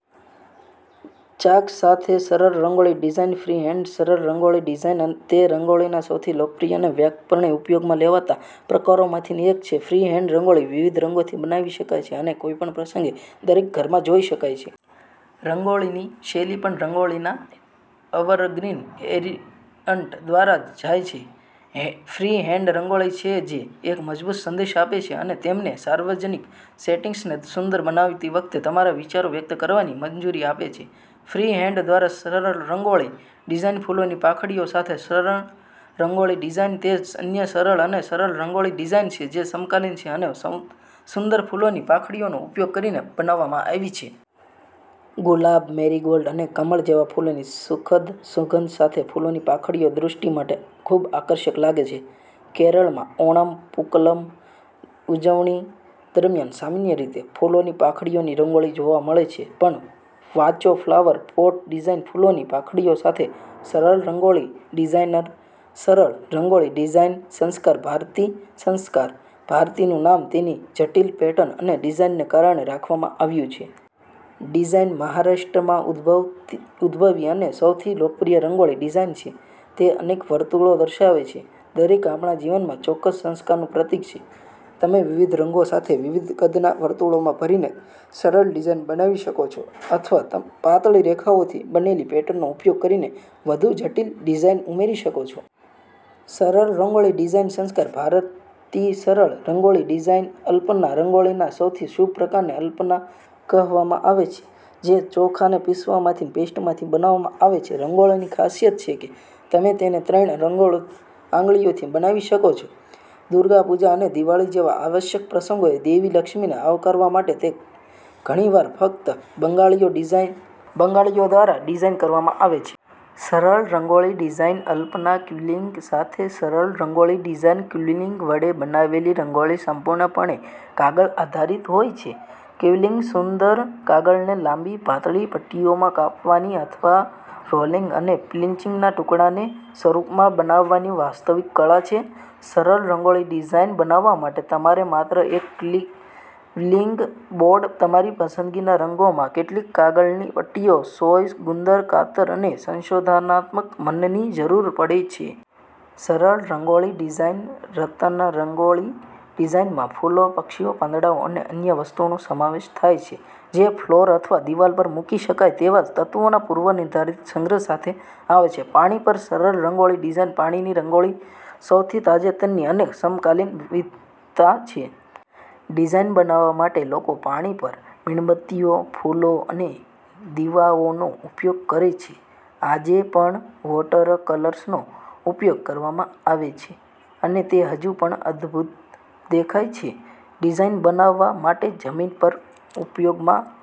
ચાક સાથે સરળ રંગોળી ડિઝાઇનફ્રીહેન્ડ સાથે સરળ રંગોળી ડિઝાઇન તે રંગોળીના સૌથી લોકપ્રિય અને વ્યાપકપણે ઉપયોગમાં લેવાતા પ્રકારોમાંથી એક છે. ફ્રીહેન્ડ રંગોળી વિવિધ રંગોથી બનાવી શકાય છે અને કોઈપણ પ્રસંગે દરેક ઘરમાં જોઈ શકાય છે. રંગોળીની શૈલી પણ 'રંગોલીના એવરગ્રીન વેરિઅન્ટ' દ્વારા જાય છે. ફ્રીહેન્ડરંગોળી છે જે એક મજબૂત સંદેશ આપે છે અને તમને સાર્વજનિક સેટિંગ્સને સુંદર બનાવતી વખતે તમારા વિચારો વ્યક્ત કરવાની મંજૂરી આપે છે. ફ્રીહેન્ડ દ્વારા સરળ રંગોળી ડિઝાઇનફૂલોની પાંખડીઓ સાથે સરળ રંગોળી ડિઝાઇન તે અન્ય સરળ અને સરળ રંગોળી ડિઝાઇન છે, જે સમકાલીન છે અને સુંદર ફૂલોની પાંખડીઓનો ઉપયોગ કરીને બનાવવામાં આવી છે. ગુલાબ, મેરીગોલ્ડ્સ અને કમળ જેવા ફૂલોની સુખદ સુગંધ સાથે ફૂલોની પાંખડીઓ દૃષ્ટિ માટે ખૂબઆકર્ષક લાગે છે. કેરળમાં ઓણમ પૂકલમ ઉજવણી દરમિયાન સામાન્ય રીતે ફૂલોની પાંખડીઓની રંગોળી જોવા મળે છે. પણ વાંચોફ્લાવર પોટ ડિઝાઇન ફૂલોની પાંખડીઓ સાથે સરળ રંગોળી ડિઝાઇનસરળ રંગોળી ડિઝાઇનસંસ્કાર ભારતી સંસ્કાર ભારતીનું નામ તેની જટિલ પેટર્ન અને ડિઝાઇનને કારણે રાખવામાં આવ્યું છે. ડિઝાઈન મહારાષ્ટ્રમાં ઉદ્ભવી અને સૌથી લોકપ્રિય રંગોળી ડિઝાઈન છે. તે અનેક વર્તુળો દર્શાવે છે, દરેક આપણા જીવનમાં ચોક્કસ સંસ્કારનું પ્રતીક છે. તમે વિવિધ રંગો સાથે વિવિધ કદના વર્તુળોમાં ભરીને સરળ ડિઝાઇન બનાવી શકો છો અથવા પાતળી રેખાઓથી બનેલી પેટર્નનો ઉપયોગ કરીને વધુ જટિલ ડિઝાઇન ઉમેરી શકો છો. સરળ રંગોળી ડિઝાઇનસંસ્કાર ભારતીસરળ રંગોળી ડિઝાઇનઅલ્પના રંગોળીના સૌથી શુભ પ્રકારને અલ્પના કહેવામાં આવે છે, જે ચોખાને પીસવાની પેસ્ટમાંથી બનાવવામાં આવે છે. રંગોળીની ખાસિયતછે કે તમે તેને ત્રણ આંગળીઓથી બનાવી શકો છો. દુર્ગા પૂજા અને દિવાળી જેવા આવશ્યક પ્રસંગોએ દેવી લક્ષ્મીને આવકારવા માટે તે ઘણીવાર ફક્ત બંગાળીઓ દ્વારાડિઝાઇન કરવામાં આવે છે. સરળ રંગોળી ડિઝાઇનઅલ્પનાક્વિલિંગ સાથે સરળ રંગોળી ડિઝાઇન ક્વિલિંગ વડે બનાવેલી રંગોળી સંપૂર્ણપણે કાગળ આધારિત હોય છે. ક્વિલિંગસુંદર કાગળને લાંબી, પાતળી પટ્ટીઓમાં કાપવાની અથવા રોલિંગ અને પિન્ચિંગના ટુકડાને સ્વરૂપમાં બનાવવાની વાસ્તવિક કળા છે. સરળ રંગોળી ડિઝાઇન બનાવવા માટે તમારે માત્ર એક ક્વિલિંગ બોર્ડ, તમારી પસંદગીના રંગોમાં કેટલીક કાગળની પટ્ટીઓ, સોય, ગુંદર, કાતર અને સંશોધનાત્મક મનની જરૂર પડશે. સરળ રંગોળી ડિઝાઇનરતનરંગોળી ડિઝાઇનમાં ફૂલો, પક્ષીઓ, પાંદડાઓ અને અન્ય વસ્તુઓનો સમાવેશ થાય છે જે ફ્લોર અથવા દિવાલ પર મૂકી શકાય તેવા તત્વોના પૂર્વનિર્ધારિત સંગ્રહ સાથે આવે છે. પાણી પર સરળ રંગોળી ડિઝાઇન પાણીની રંગોળીસૌથી તાજેતરની અને સમકાલીન વિવિધતા છે. ડિઝાઈન બનાવવા માટે લોકો પાણી પર મીણબત્તીઓ, ફૂલો અને દીવાઓનો ઉપયોગ કરે છે. આજે પણ વોટરકલર્સનો ઉપયોગ કરવામાં આવે છે, અને તે હજુ પણ અદભૂત દેખાય છે. ડિઝાઈન બનાવવા માટે જમીન પર ઉપયોગમાં